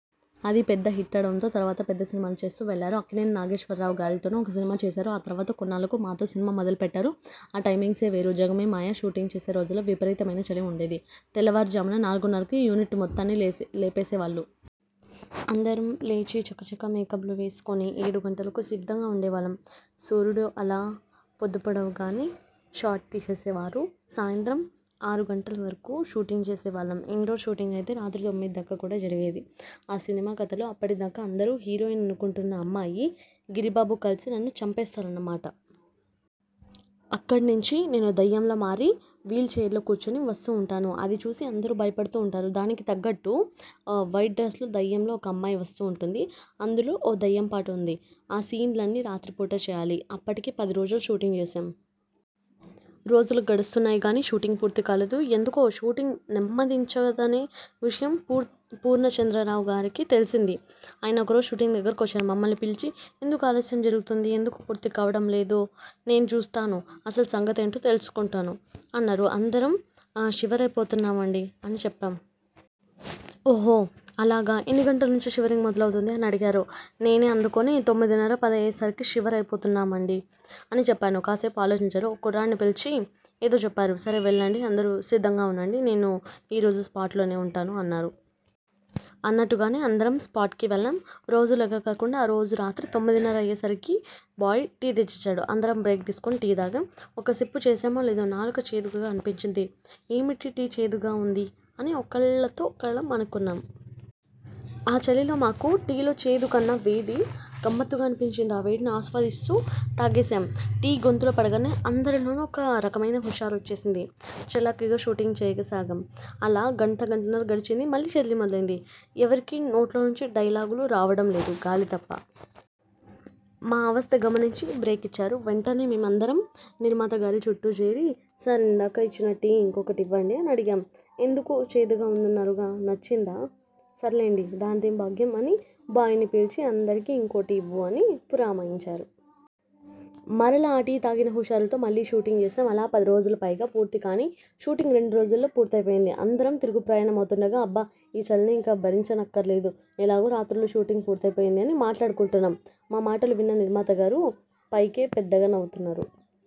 అది పెద్ద హిట్టవడంతో తర్వాత పెద్ద సినిమాలు చేస్తూ వెళ్లారు. అక్కినేని నాగేశ్వరరావుగారితోనూ ఒక సినిమా చేశారు. ఆ తర్వాత కొన్నాళ్లకు మాతో సినిమా మొదలుపెట్టారు. ఆ టైమింగ్సే వేరు! 'జగమే మాయ' షూటింగ్ చేసే రోజుల్లో విపరీతమైన చలి ఉండేది. తెల్లారుజామున నాలుగున్నరకి యూనిట్ మొత్తాన్ని లేపేసేవాళ్లు. అందరం లేచి, చకచకా మేకప్లు వేసుకుని, ఏడుగంటలకు సిద్ధంగా ఉండేవాళ్లం. సూర్యుడు అలా పొద్దుపొడవగానే షాట్ తీసేసేవారు. సాయంత్రం ఆరు గంటల వరకు షూటింగ్ చేసేవాళ్లం. ఇండోర్ షూటింగ్ అయితే రాత్రి తొమ్మిదిదాకా కూడా జరిగేది. ఆ సినిమాకథలో, అప్పటిదాకా అందరూ హీరోయిన్ అనుకుంటున్న అమ్మాయీ, గిరిబాబూ కలిసి నన్ను చంపేస్తారన్నమాట. అక్కడినుంచి నేను దెయ్యంలా మారి వీల్చెయిర్లో కూర్చుని వస్తూ ఉంటాను. అదిచూసి అందరూ భయపడుతూ ఉంటారు. దానికి తగ్గట్టు వైట్డ్రస్లో దెయ్యంలా ఒకమ్మాయి వస్తూ ఉంటుంది. అందులో ఓ దెయ్యం పాట ఉంది. ఆ సీన్లన్నీ రాత్రిపూటే చేయాలి. అప్పటికే పది రోజులు షూటింగ్ చేశాం. రోజులు గడుస్తున్నాయిగానీ, షూటింగ్ పూర్తి కాలేదు. ఎందుకో షూటింగ్ నెమ్మదించిందనే విషయం పూర్ణచంద్రరావుగారికి తెలిసింది. ఆయనే ఒకరోజు షూటింగ్ దగ్గరకు వచ్చారు. మమ్మల్ని పిలిచి 'ఎందుకు ఆలస్యం జరుగుతోంది? ఎందుకు పూర్తికావడం లేదో నేనూ చూస్తాను. అసలుసంగతేంటో తెలుసుకుంటాను' అన్నారు. 'అందరం షివరైపోతున్నామండీ' అని చెప్పాం. 'ఓహో అలాగా! ఎన్నిగంటలనుంచి షివరింగ్ మొదలవుతుంది? ' అని అడిగారు. నేనే అందుకుని 'తొమ్మిదిన్నర, పదయ్యేసరికి షివర్ అయిపోతున్నామండీ' అని చెప్పాను. కాసేపు ఆలోచించారు. ఒక కుర్రాడిని పిలిచి ఏదో చెప్పారు. 'సరే వెళ్లండి, అందరూ సిద్ధంగా ఉండండి. నేనూ ఈరోజు స్పాట్లోనే ఉంటాను'' అన్నారు. అన్నట్టుగానే అందరం స్పాట్కి వెళ్లాం. రోజూలాగా కాకుండా, ఆ రోజురాత్రి తొమ్మిదిన్నర అయ్యేసరికి బోయ్ టీ తెచ్చిచ్చాడు. అందరం బ్రేక్ తీసుకుని టీ తాగాం. ఒక సిప్పు చేశామో లేదో, నాలుక చేదుగా అనిపించింది. 'ఏమిటి? టీ చేదుగా ఉంది' అని ఒకళ్లతో ఒకళ్లం అనుకున్నాం. ఆ చలిలో మాకు టీ లో చేదుకన్నా వేడి గమ్మత్తుగా అనిపించింది. ఆ వేడిని ఆస్వాదిస్తూ తాగేశాం. టీ గొంతులో పడగానే అందరిలోనూ ఒక రకమైన హుషారు వచ్చేసింది. చలాకీగా షూటింగ్ చేయసాగాం. అలా గంటా, గంటన్నర గడిచింది. మళ్లీ చలి మొదలైంది. ఎవరికీ నోట్లోంచి డైలాగులు రావడం లేదు, గాలి తప్ప! మా అవస్త గమనించి బ్రేక్ ఇచ్చారు. వెంటనే మేం అందరం నిర్మాతగారి చుట్టూజేరి 'సార్ ఇందాక ఇచ్చిన టీ ఇంకోటివ్వండి' అని అడిగాం. 'ఎందుకు చేదుగా ఉందన్నారు? నచ్చిందా? సర్లేండి. దానిదేం భాగ్యం' అని బోయ్ని పిలిచి 'అందరికీ ఇంకో టీ ఇవ్వు' అని పురమాయించారు. మరలా ఆ టీ తాగిన హుషారుతో మళ్ళీ షూటింగ్ చేశాం. అలా పదిరోజులు పైగా పూర్తి కాని షూటింగ్ రెండురోజుల్లో పూర్తైపోయింది. అందరం తిరుగుప్రయాణమవుతుండగా, 'అబ్బా! ఈ చలిని ఇంక భరించనక్కర్లేదు. ఎలాగో రాత్రుళ్లు షూటింగ్ పూర్తైపోయింది' అని మాట్లాడుకుంటున్నాం. మా మాటలు విన్న నిర్మాతగారు పైకే పెద్దగా నవ్వుతున్నారు.